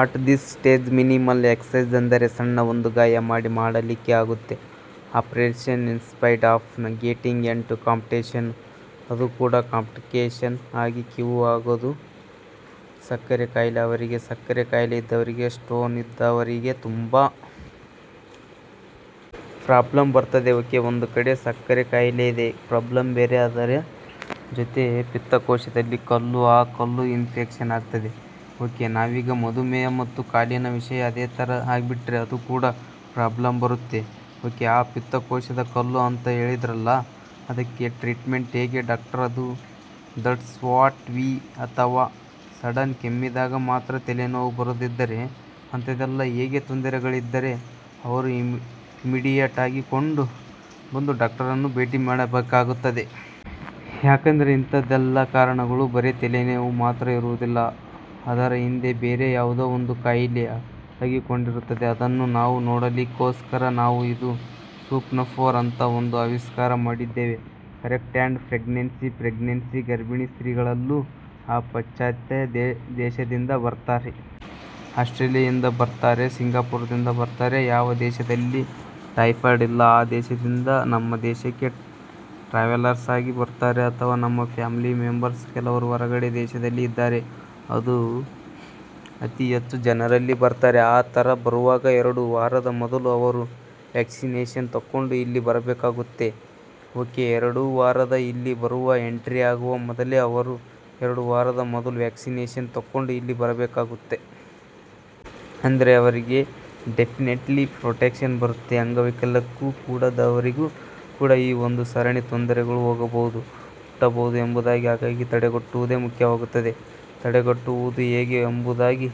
At this stage minimal access ಅಂದ್ರೆ ಸಣ್ಣ ಒಂದು ಗಾಯ ಮಾಡಿ ಮಾಡಲಿಕ್ಕೆ ಆಗುತ್ತೆ operation instead of getting into complication ಅದು ಕೂಡ ಕಾಂಪ್ಲಿಕೇಶನ್ ಆಗಿ ಕೀವು ಆಗೋದು ಸಕ್ಕರೆ ಕಾಯಿಲೆ ಅವರಿಗೆ ಸಕ್ಕರೆ ಕಾಯಿಲೆ ಇದ್ದವರಿಗೆ ಸ್ಟೋನ್ ಇದ್ದವರಿಗೆ ತುಂಬಾ ಪ್ರಾಬ್ಲಮ್ಸ್ ಬರ್ತದೆ ಓಕೆ ಒಂದು ಕಡೆ ಸಕ್ಕರೆ ಕಾಯಿಲೆದ ಪ್ರಾಬ್ಲಮ್ ಬೇರೆ ಅದರ ಜೊತೆ ಪಿತ್ತಕೋಶದಲ್ಲಿ ಕಲ್ಲು ಆ ಕಲ್ಲು ಇನ್ಫೆಕ್ಷನ್ ಆಗ್ತದೆ ಓಕೆ ನಾವೀಗ ಮಧುಮೇಯ ಮತ್ತೆ ಕಾಲಿನ ವಿಷಯ ಅದೇ ತರ ಆಗ್ಬಿಟ್ರೆ ಅದು ಕೂಡ ಪ್ರಾಬ್ಲಮ್ ಬರುತ್ತೆ ಓಕೆ ಆ ಪಿತ್ತಕೋಶದ ಕಲ್ಲು ಅಂತ ಹೇಳಿದ್ರಲ್ಲ ಅದಕ್ಕೆ ಟ್ರೀಟ್ಮೆಂಟ್ ಹೇಗೆ ಡಾಕ್ಟರ್ ಅದೇ ದಟ್ಸ್ ವಾಟ್ ವಿ ಅಥವಾ ಸಡನ್ ಕೆಮ್ಮಿದಾಗ ಮಾತ್ರ ತಲೆನೋವು ಬರೋದಿದ್ದರೆ ಅಂತದ್ದೆಲ್ಲಾ ಹೀಗೆ ತೊಂದರೆಗಳಿದ್ದರೆ ಅವರು ಇಮ್ಮಿಡಿಯೇಟ್ ಆಗಿ ಕೊಂಡು ಬಂದು ಡಾಕ್ಟರನ್ನ ಭೇಟಿ ಮಾಡಬೇಕಾಗುತ್ತದೆ. ಯಾಕಂದ್ರೆ ಇಂತದ್ದೆಲ್ಲಾ ಕಾರಣಗಳು ಬರೇ ತಲೆನೋವು ಮಾತ್ರ ಇರುವುದಿಲ್ಲ ಅದರ ಹಿಂದೆ ಬೇರೆ ಯಾವುದೋ ಒಂದು ಕಾಯಿಲೆ ಅಡಗಿಕೊಂಡಿರುತ್ತದೆ. ಅದನ್ನ ನಾವು ನೋಡಲಿಕ್ಕೋಸ್ಕರ ನಾವು ಇದು ಸ್ನೂಪ್ ಫೋರ್ ಅಂತ ಒಂದು ಆವಿಷ್ಕಾರ ಮಾಡಿದ್ದೇವೆ. ಕರೆಕ್ಟ್ ಅಂಡ್ ಪ್ರೆಗ್ನೆನ್ಸಿ ಪ್ರೆಗ್ನೆನ್ಸಿ ಗರ್ಭಿಣಿ ಸ್ತ್ರೀಗಳಲ್ಲಿನೂ. ಆ ಪಾಶ್ಚಾತ್ಯ ದೇಶದಿಂದ ಬರ್ತಾರೆ. ಆಸ್ಟ್ರೇಲಿಯಾ ಇಂದ ಬರ್ತಾರೆ, ಸಿಂಗಾಪುರದಿಂದ ಬರ್ತಾರೆ. ಯಾವ ದೇಶದಲ್ಲಿ ಟೈಫಾಯ್ಡ್ ಇಲ್ಲ ಆ ದೇಶದಿಂದ ನಮ್ಮ ದೇಶಕ್ಕೆ ಟ್ರಾವೆಲರ್ಸ್ ಆಗಿ ಬರ್ತಾರೆ ಅಥವಾ ನಮ್ಮ ಫ್ಯಾಮಿಲಿ ಮೆಂಬರ್ಸ್ ಕೆಲವರು ಹೊರಗಡೆ ದೇಶದಲ್ಲಿ ಇದ್ದಾರೆ. ಅದು ಅತಿ ಹೆಚ್ಚು ಜನರಲ್ಲಿ ಬರ್ತಾರೆ ಆ ತರ ಬರುವಾಗ ಎರಡು ವಾರದ ಮೊದಲು ಅವರು ವ್ಯಾಕ್ಸಿನೇಷನ್ ತೆಕ್ಕೊಂಡು ಇಲ್ಲಿ ಬರಬೇಕಾಗುತ್ತೆ ಓಕೆ ಎರಡು ವಾರದ ಇಲ್ಲಿ ಬರುವ ಎಂಟ್ರಿ ಆಗುವ ಮೊದಲೇ ಅವರು ಎರಡು ವಾರದ ಮೊದಲು ವ್ಯಾಕ್ಸಿನೇಷನ್ ತೆಕ್ಕೊಂಡು ಇಲ್ಲಿ ಬರಬೇಕಾಗುತ್ತೆ. ಅಂದ್ರೆ ಅವರಿಗೆ ಡೆಫಿನೆಟ್ಲಿ ಪ್ರೊಟೆಕ್ಷನ್ ಬರುತ್ತೆ. ಅಂಗವೈಕಲ್ಯಕ್ಕೂ ಕೂಡ ದವರೆಗೆ ಕೂಡ ಈ ಒಂದು ಸರಣಿ ತೊಂದರೆಗಳು ಹೋಗಬಹುದು ಮುಟ್ಟಬಹುದು ಎಂಬುದಾಗಿ. ಹಾಗಾಗಿ ತಡೆಗಟ್ಟುವುದೇ ಮುಖ್ಯವಾಗುತ್ತದೆ. ತಡೆಗಟ್ಟುವುದು ಹೇಗೆ ಎಂಬುದಾಗಿ.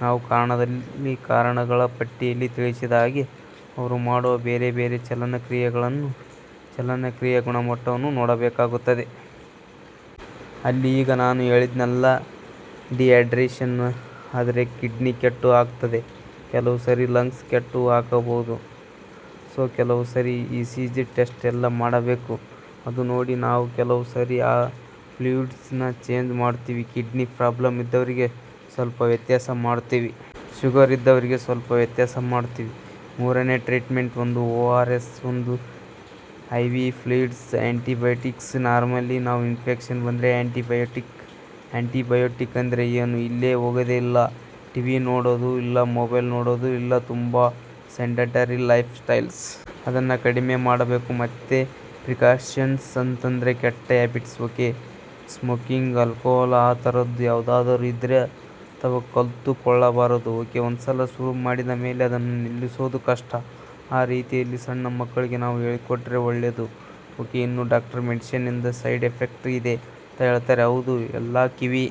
ನಾವು ಕಾರಣದಲ್ಲಿ ಕಾರಣಗಳ ಪಟ್ಟಿಯಲ್ಲಿ ತಿಳಿಸಿದ ಹಾಗೆ ಅವರು ಮಾಡುವ ಬೇರೆ ಬೇರೆ ಚಲನ ಕ್ರಿಯೆಗಳನ್ನು ಚಲನ ಕ್ರಿಯೆಯ ಗುಣಮಟ್ಟವನ್ನು ನೋಡಬೇಕಾಗುತ್ತದೆ. ಅಲ್ಲಿ ಈಗ ನಾನು ಹೇಳಿದ್ನಲ್ಲ ಡಿಹೈಡ್ರೇಶನ್ ಆದ್ರೆ ಕಿಡ್ನಿ ಕೆಟ್ಟು ಹಾಕ್ತದೆ, ಕೆಲವು ಸರಿ ಲಂಗ್ಸ್ ಕೆಟ್ಟು ಹಾಕಬಹುದು. ಸೋ ಕೆಲವು ಸರಿ ಇಸಿಜಿ ಟೆಸ್ಟ್ ಎಲ್ಲ ಮಾಡಬೇಕು. ಅದು ನೋಡಿ ನಾವು ಕೆಲವು ಸರಿ ಆ ಫ್ಲೂಯಿಡ್ಸ್ ನ ಚೇಂಜ್ ಮಾಡ್ತೀವಿ. ಕಿಡ್ನಿ ಪ್ರಾಬ್ಲಮ್ ಇದ್ದವರಿಗೆ ಸ್ವಲ್ಪ ವ್ಯತ್ಯಾಸ ಮಾಡ್ತೀವಿ. ಶುಗರ್ ಇದ್ದವರಿಗೆ ಸ್ವಲ್ಪ ವ್ಯತ್ಯಾಸ ಮಾಡ್ತೀವಿ. ಮೂರನೇ ಟ್ರೀಟ್ಮೆಂಟ್ ಒಂದು ಓಆರ್ ಎಸ್ ಒಂದು ಐವಿ ಫ್ಲೂಯಿಡ್ಸ್ ಆಂಟಿಬಯೋಟಿಕ್ಸ್. ನಾರ್ಮಲಿ ನಾವು ಇನ್ಫೆಕ್ಷನ್ ಬಂದ್ರೆ ಆಂಟಿಬಯೋಟಿಕ್ ಆಂಟಿಬಯೋಟಿಕ್ ಅಂದ್ರೆ ಏನು? ಇಲ್ಲೇ ಹೊಗದೇ ಇಲ್ಲ. ಟಿವಿ ನೋಡೋದು ಇಲ್ಲ ಮೊಬೈಲ್ ನೋಡೋದು ಇಲ್ಲ ತುಂಬಾ ಸೆಡೆಂಟರಿ ಲೈಫ್ ಸ್ಟೈಲ್. ಅದನ್ನ ಕಡಿಮೆ ಮಾಡಬೇಕು ಮತ್ತೆ ಪ್ರಿಕಾಷನ್ಸ್ ಅಂತಂದ್ರೆ ಕೆಟ್ಟ ಹ್ಯಾಬಿಟ್ಸ್ ಓಕೆ ಸ್ಮೋಕಿಂಗ್ ಆಲ್ಕೋಹಾಲ್ ಆ ತರದ್ದು ಯಾವುದಾದರೂ ಇದ್ರೆ ಅಥವಾ ಕಲ್ತುಕೊಳ್ಳಬಾರದು. ಓಕೆ ಒಂದ್ಸಲ ಶುರು ಮಾಡಿದ್ಮೇಲೆ ಅದನ್ನ ನಿಲ್ಲಿಸೋದು ಕಷ್ಟ. ಆ ರೀತಿಯಲ್ಲಿ ಸಣ್ಣ ಮಕ್ಕಳಿಗೆ ನಾವು ಹೇಳಿಕೊಟ್ರೆ ಒಳ್ಳೇದು ಓಕೆ ಇನ್ನು ಡಾಕ್ಟರ್ ಮೆಡಿಸಿನ್ ಇಂದ ಸೈಡ್ ಎಫೆಕ್ಟ್ಸ್ ಇದೆ ಅಂತ ಹೇಳ್ತಾರೆ. ಹೌದು. ಎಲ್ಲಾ ಕಿವಿ